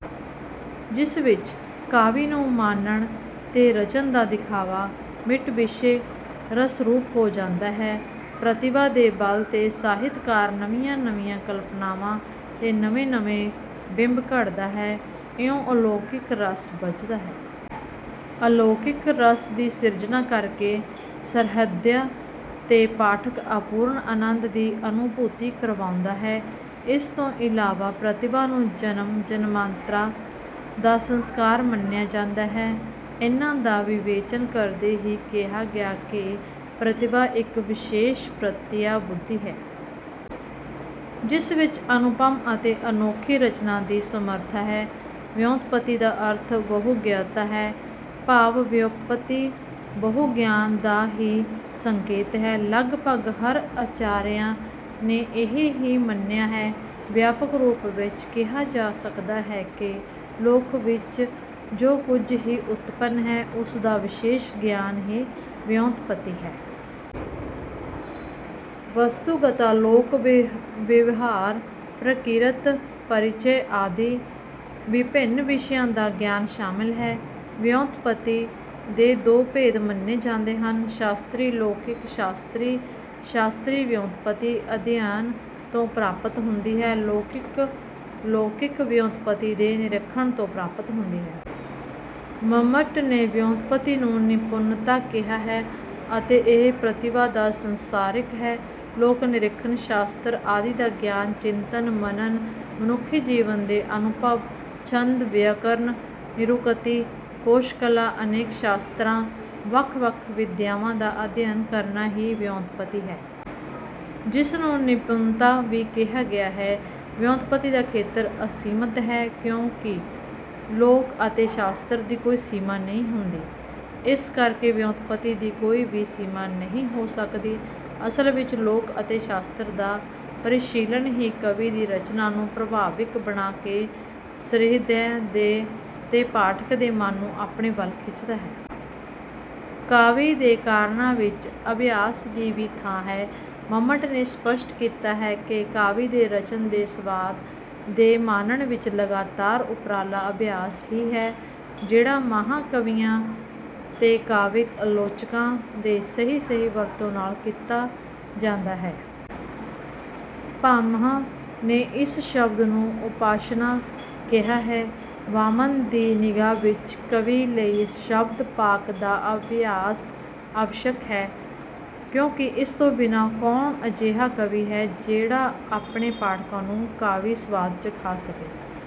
ਜਿਸ ਵਿੱਚ ਕਾਵਿ ਨੂੰ ਮਾਨਣ ਤੇ ਰਚਨ ਦਾ ਵਿਖਾਵਾ ਮਿਟ ਵਿਸ਼ੈ ਰਸ ਰੂਪ ਹੋ ਜਾਂਦਾ ਹੈ। ਪ੍ਰਤਿਭਾ ਦੇ ਬਲ ਤੇ ਸਾਹਿਤਕਾਰ ਨਵੀਆਂ ਨਵੀਆਂ ਕਲਪਨਾਵਾਂ ਤੇ ਨਵੇਂ-ਨਵੇਂ ਬਿੰਬ ਘੜਦਾ ਹੈ। ਇਉਂ ਅਲੌਕਿਕ ਰਸ ਬੱਝਦਾ ਹੈ। ਅਲੌਕਿਕ ਰਸ ਦੀ ਸਿਰਜਣਾ ਕਰਕੇ ਸਹ੍ਰਿਦਯ ਤੇ ਪਾਠਕ ਅਪੂਰਨ ਅਨੰਦ ਦੀ ਅਨੁਭੂਤੀ ਕਰਵਾਉਂਦਾ ਹੈ। ਇਸ ਤੋਂ ਇਲਾਵਾ ਪ੍ਰਤਿਭਾ ਨੂੰ ਜਨਮ ਜਨਮਾਂਤਰਾਂ ਦਾ ਸੰਸਕਾਰ ਮੰਨਿਆ ਜਾਂਦਾ ਹੈ। ਇਹਨਾਂ ਦਾ ਵਿਵੇਚਨ ਕਰਦੇ ਹੀ ਕਿਹਾ ਗਿਆ ਹੈ ਕਿ ਪ੍ਰਤਿਭਾ ਇੱਕ ਵਿਸ਼ੇਸ਼ ਪ੍ਰਤਿਆ ਬੁੱਧੀ ਹੈ। ਜਿਸ ਵਿੱਚ ਅਨੁਪਮ ਅਤੇ ਅਨੋਖੀ ਰਚਨਾ ਦੀ ਸਮਰੱਥਾ ਹੈ। ਵਿਉਂਤਪਤੀ ਦਾ ਅਰਥ ਬਹੁ-ਗਯਤਾ ਹੈ। ਭਾਵ ਵਿਉਂਪਤੀ ਬਹੁ-ਗਿਆਨ ਦਾ ਹੀ ਸੰਕੇਤ ਹੈ। ਲਗਭਗ ਹਰ ਆਚਾਰੀਆਂ ਨੇ ਇਹ ਹੀ ਮੰਨਿਆ ਹੈ। ਵਿਆਪਕ ਰੂਪ ਵਿੱਚ ਕਿਹਾ ਜਾ ਸਕਦਾ ਹੈ ਕਿ ਲੋਕ ਵਿੱਚ ਜੋ ਕੁੱਝ ਹੀ ਉਤਪਨ ਹੈ, ਉਸਦਾ ਵਿਸ਼ੇਸ਼ ਗਿਆਨ ਹੀ ਵਿਉਂਤਪਤੀ ਹੈ। ਵਸਤੂਗਤਾ, ਲੋਕ ਵਿਵਹਾਰ, ਪ੍ਰਕ੍ਰਿਤ ਪਰਿਚੈ ਆਦਿ ਵਿਭਿੰਨ ਵਿਸ਼ਿਆਂ ਦਾ ਗਿਆਨ ਸ਼ਾਮਲ ਹੈ। ਵਿਉਂਤਪਤੀ ਦੇ ਦੋ ਭੇਦ ਮੰਨੇ ਜਾਂਦੇ ਹਨ। ਸ਼ਾਸਤਰੀ ਲੌਕਿਕ ਸ਼ਾਸਤਰੀ: ਸ਼ਾਸਤਰੀ ਵਿਉਂਤਪਤੀ ਅਧਿਐਨ ਤੋਂ ਪ੍ਰਾਪਤ ਹੁੰਦੀ ਹੈ। ਲੌਕਿਕ: ਲੌਕਿਕ ਵਿਉਂਤਪਤੀ ਦੇ ਨਿਰੀਖਣ ਤੋਂ ਪ੍ਰਾਪਤ ਹੁੰਦੀ ਹੈ। ਮੰਮਟ ਨੇ ਵਿਉਂਤਪਤੀ ਨੂੰ ਨਿਪੁਨਤਾ ਕਿਹਾ ਹੈ ਅਤੇ ਇਹ ਪ੍ਰਤਿਭਾ ਦਾ ਸੰਸਾਰਿਕ ਹੈ। ਲੋਕ ਨਿਰੀਖਣ, ਸ਼ਾਸਤਰ ਆਦਿ ਦਾ ਗਿਆਨ, ਚਿੰਤਨ, ਮਨਨ, ਮਨੁੱਖੀ ਜੀਵਨ ਦੇ ਅਨੁਭਵ, ਛੰਦ, ਵਿਅਕਰਨ, ਨਿਰੁਕਤੀ, ਕੋਸ਼ ਕਲਾ ਅਨੇਕ ਸ਼ਾਸਤਰਾਂ, ਵੱਖ-ਵੱਖ ਵਿਦਿਆਵਾਂ ਦਾ ਅਧਿਐਨ ਕਰਨਾ ਹੀ ਵਿਉਂਤਪਤੀ ਹੈ। ਜਿਸ ਨੂੰ ਨਿਪੁੰਨਤਾ ਵੀ ਕਿਹਾ ਗਿਆ ਹੈ। ਵਿਉਂਤਪਤੀ ਦਾ ਖੇਤਰ ਅਸੀਮਤ ਹੈ, ਕਿਉਂਕਿ ਲੋਕ ਅਤੇ ਸ਼ਾਸਤਰ ਦੀ ਕੋਈ ਸੀਮਾ ਨਹੀਂ ਹੁੰਦੀ। ਇਸ ਕਰਕੇ ਵਿਉਂਤਪਤੀ ਦੀ ਕੋਈ ਵੀ ਸੀਮਾ ਨਹੀਂ ਹੋ ਸਕਦੀ। ਅਸਲ ਵਿੱਚ ਲੋਕ ਅਤੇ ਸ਼ਾਸਤਰ ਦਾ ਪਰਿਸ਼ੀਲਨ ਹੀ ਕਵੀ ਦੀ ਰਚਨਾ ਨੂੰ ਪ੍ਰਭਾਵਿਕ ਬਣਾ ਕੇ ਸਹ੍ਰਿਦਯ ਤੇ ਪਾਠਕ ਦੇ ਮਨ ਨੂੰ ਆਪਣੇ ਵੱਲ ਖਿੱਚਦਾ ਹੈ। ਕਾਵਿ ਦੇ ਕਾਰਣਾਂ ਵਿੱਚ ਅਭਿਆਸ ਦੀ ਵੀ ਥਾਂ ਹੈ। ਮੰਮਟ ਨੇ ਸਪੱਸ਼ਟ ਕੀਤਾ ਹੈ ਕਿ ਕਾਵਿ ਦੇ ਰਚਨ ਤੇ ਸਵਾਦ ਦੇ ਮਾਣਨ ਵਿੱਚ ਲਗਾਤਾਰ ਉਪਰਾਲਾ ਅਭਿਆਸ ਹੀ ਹੈ। ਜਿਹੜਾ ਮਹਾਂ ਕਵੀਆਂ ਤੇ ਕਾਵਿ ਆਲੋਚਕਾਂ ਦੇ ਸਹੀ-ਸਹੀ ਵਰਤੋਂ ਨਾਲ ਕੀਤਾ ਜਾਂਦਾ ਹੈ। ਭਾਮਹ ਨੇ ਇਸ ਨੂੰ ਸ਼ਬਦ ਉਪਾਸ਼ਨਾ ਕਿਹਾ ਹੈ। ਵਾਮਨ ਦੀ ਨਿਗ੍ਹਾ ਵਿੱਚ ਕਵੀ ਲਈ ਸ਼ਬਦ ਪਾਕ ਦਾ ਅਭਿਆਸ ਅਵੱਸ਼ਕ ਹੈ। ਕਿਉਂਕਿ ਇਸ ਤੋਂ ਬਿਨਾਂ ਕੌਣ ਅਜਿਹਾ ਕਵੀ ਹੈ, ਜਿਹੜਾ ਆਪਣੇ ਪਾਠਕਾਂ ਨੂੰ 'ਕਾਵਿ ਸਵਾਦ ਚੁਖਾ ਸਕੇ।